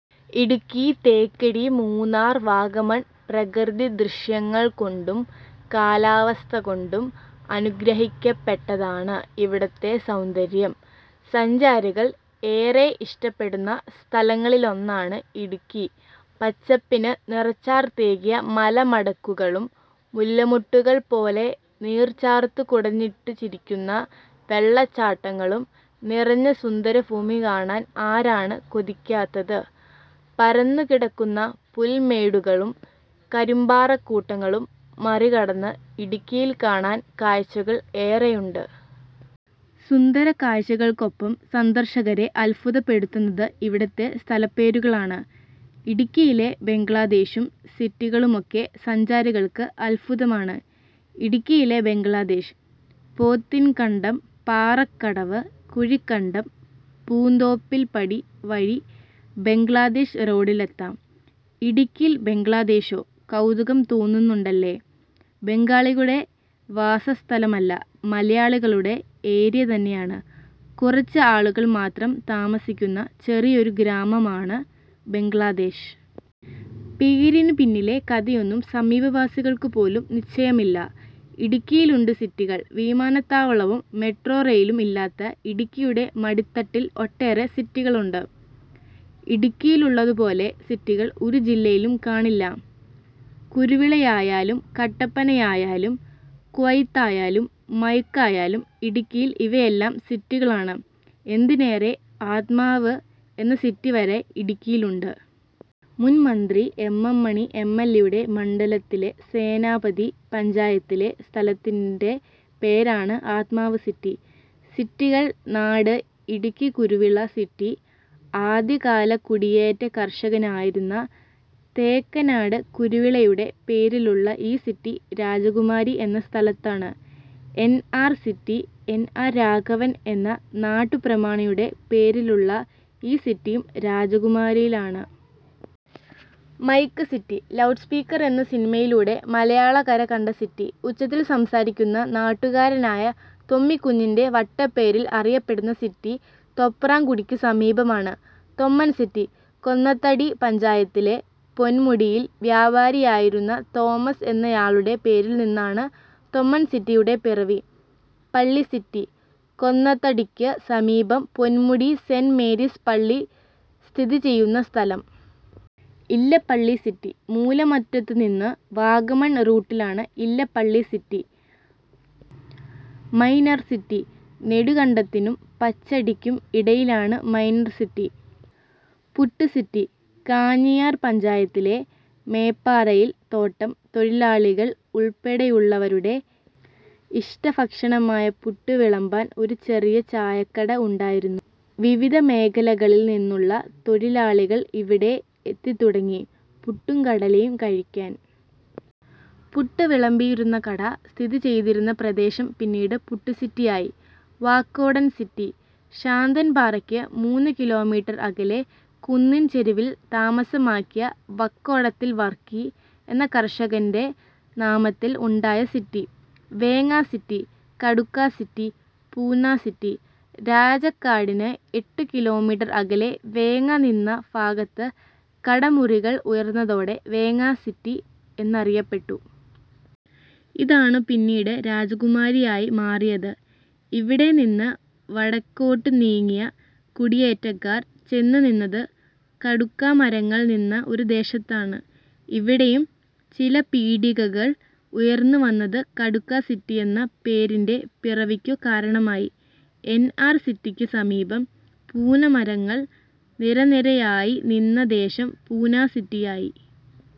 ഇടുക്കി, തേക്കടി, മൂന്നാർ, വാഗമൺ പ്രകൃതിദൃശ്യങ്ങൾകൊണ്ടും കാലാവസ്ഥകൊണ്ടും അനുഗ്രഹിക്കപ്പെട്ടതാണ് ഇവിടുത്തെ സൗന്ദര്യം. സഞ്ചാരികൾ ഏറെ ഇഷ്ടപ്പെടുന്ന സ്ഥലങ്ങളിലൊന്നാണ് ഇടുക്കി. പച്ചപ്പിനു നിറച്ചാർത്തേകിയ മലമടക്കുകളും മുല്ലമൊട്ടുകൾ പോലെ നീർച്ചാർത്തു കുടഞ്ഞിട്ടു ചിരിക്കുന്ന വെള്ളച്ചാട്ടങ്ങളും നിറഞ്ഞ സുന്ദരഭൂമി കാണാൻ ആരാണ് കൊതിക്കാത്തത്. പരന്നുകിടക്കുന്ന പുൽമേടുകളും കരിമ്പാറക്കൂട്ടങ്ങളും മറികടന്ന് ഇടുക്കിയിൽ കാണാൻ കാഴ്ചകൾ ഏറെയുണ്ട്. സുന്ദര കാഴ്ചകൾക്കൊപ്പം സന്ദർശകരെ അദ്ഭുതപ്പെടുത്തുന്നത് ഇവിടുത്തെ സ്ഥലപേരുകളാണ്. ഇടുക്കിയിലെ ബംഗ്ലദേശും സിറ്റികളുമൊക്കെ സഞ്ചാരികൾക്ക് അദ്ഭുതമാണ്. ഇടുക്കിയിലെ ബംഗ്ലദേശ്, പോത്തിൻകണ്ടം- പാറക്കടവ്- കുഴിക്കണ്ടം-പൂന്തോപ്പിൽപടി വഴി ബംഗ്ലദേശ് റോഡിലെത്താം. ഇടുക്കിയിൽ ബംഗ്ലദേശോ? കൗതുകം തോന്നുന്നുണ്ടല്ലേ? ബംഗാളിയുടെ വാസസ്ഥലമല്ല. മലയാളികളുടെ ഏരിയ തന്നെയാണ്. കുറച്ച് ആളുകൾ മാത്രം താമസിക്കുന്ന ചെറിയൊരു ഗ്രാമമാണ് ബംഗ്ലദേശ്. പേരിനു പിന്നിലെ കഥയൊന്നും സമീപവാസികൾക്കുപോലും നിശ്ചയമില്ല. ഇടുക്കിയിലുണ്ട് സിറ്റികൾ വിമാനത്താവളവും മെട്രോ റെയിലും ഇല്ലാത്ത ഇടുക്കിയുടെ മടിത്തട്ടിൽ ഒട്ടേറെ സിറ്റികളുണ്ട്. ഇടുക്കിയിലുള്ളതുപോലെ സിറ്റികൾ ഒരു ജില്ലയിലും കാണില്ല. കുരുവിളയായാലും കട്ടപ്പനയായാലും കുവൈത്തായാലും മൈക്ക് ആയാലും ഇടുക്കിയിൽ ഇവയെല്ലാം സിറ്റികളാണ്. എന്തിനേറെ, ' ആത്മാവ് ' എന്ന സിറ്റി വരെ ഇടുക്കിയിലുണ്ട്. മുൻ മന്ത്രി എം. എം. മണി എംഎൽഎയുടെ മണ്ഡലത്തിലെ സേനാപതി പഞ്ചായത്തിലെ സ്ഥലത്തിന്റെ പേരാണ് ആത്മാവ്സിറ്റി. സിറ്റികൾ നാട് ഇടുക്കി കുരുവിള സിറ്റി: ആദ്യകാല കുടിയേറ്റ കർഷകനായിരുന്ന തെക്കനാട്ട് കുരുവിളയുടെ പേരിലുള്ള ഈ സിറ്റി രാജകുമാരി എന്ന സ്ഥലത്താണ്. NR city: N. R. Raghavan എന്ന നാട്ടുപ്രമാണിയുടെ പേരിലുള്ള ഈ സിറ്റിയും രാജകുമാരിയിലാണ്. മൈക്ക് സിറ്റി: ലൗഡ്സ്പീക്കർ എന്ന സിനിമയിലൂടെ മലയാളക്കര കണ്ട സിറ്റി, ഉച്ചത്തിൽ സംസാരിക്കുന്ന നാട്ടുകാരനായ തൊമ്മിക്കുഞ്ഞിന്റെ വട്ടപ്പേരിൽ അറിയപ്പെടുന്ന സിറ്റി തോപ്രാംകുടിക്കു സമീപമാണ്. തൊമ്മൻ സിറ്റി: കൊന്നത്തടി പഞ്ചായത്തിലെ പൊന്മുടിയിൽ വ്യാപാരിയായിരുന്ന തോമസ് എന്നയാളുടെ പേരിൽ നിന്നാണ് തൊമ്മൻ സിറ്റിയുടെ പിറവി. പള്ളി സിറ്റി: കൊന്നത്തടിക്കു സമീപം പൊൻമുടി സെന്റ് മേരീസ് പള്ളി സ്ഥിതിചെയ്യുന്ന സ്ഥലം. ഇലപ്പള്ളി സിറ്റി: മൂലമറ്റത്തുനിന്ന് വാഗമൺ റൂട്ടിലാണ് ഇലപ്പള്ളി സിറ്റി. മൈനർ സിറ്റി: നെടുങ്കണ്ടത്തിനും പച്ചടിക്കും ഇടയിലാണ് minor city. Puttu city: Kanchiyar പഞ്ചായത്തിലെ മേപ്പാറയിൽ തോട്ടം തൊഴിലാളികൾ ഉൾപ്പെടെയുള്ളവരുടെ ഇഷ്ടഭക്ഷണമായ പുട്ട് വിളമ്പാൻ ഒരു ചെറിയ ചായക്കട ഉണ്ടായിരുന്നു. വിവിധ മേഖലകളിൽ നിന്നുള്ള തൊഴിലാളികൾ ഇവിടെ എത്തിത്തുടങ്ങി, പുട്ടും കടലയും കഴിക്കാൻ. പുട്ട് വിളമ്പിയിരുന്ന കട സ്ഥിതിചെയ്തിരുന്ന പ്രദേശം പിന്നീട് പുട്ടുസിറ്റിയായി. വാക്കോടൻ സിറ്റി: ശാന്തൻപാറയ്ക്ക് മൂന്നു കിലോമീറ്റർ അകലെ കുന്നിൻചെരുവിൽ താമസമാക്കിയ വാക്കോട്ടിൽ വർക്കി എന്ന കർഷകന്റെ നാമത്തിൽ ഉണ്ടായ city. Venga city, Kadukka city, Punna city: രാജാക്കാടിന് എട്ടു കിലോമീറ്റർ അകലെ വേങ്ങ നിന്ന ഭാഗത്ത് കടമുറികൾ ഉയർന്നതോടെ വേങ്ങ സിറ്റി എന്നറിയപ്പെട്ടു. ഇതാണ് പിന്നീട് രാജകുമാരിയായി മാറിയത്. ഇവിടെനിന്നു വടക്കോട്ടു നീങ്ങിയ കുടിയേറ്റക്കാർ ചെന്നുനിന്നത് കടുക്കാമരങ്ങൾ നിന്ന ഒരു ദേശത്താണ്. ഇവിടെയും ചില പീടികകൾ ഉയർന്നുവന്നത് കടുക്കാ സിറ്റിയെന്ന പേരിന്റെ പിറവിക്കു കാരണമായി. എൻആർ സിറ്റിക്കു സമീപം പുന്നമരങ്ങൾ നിരനിരയായി നിന്ന ദേശം പുന്ന സിറ്റിയായി.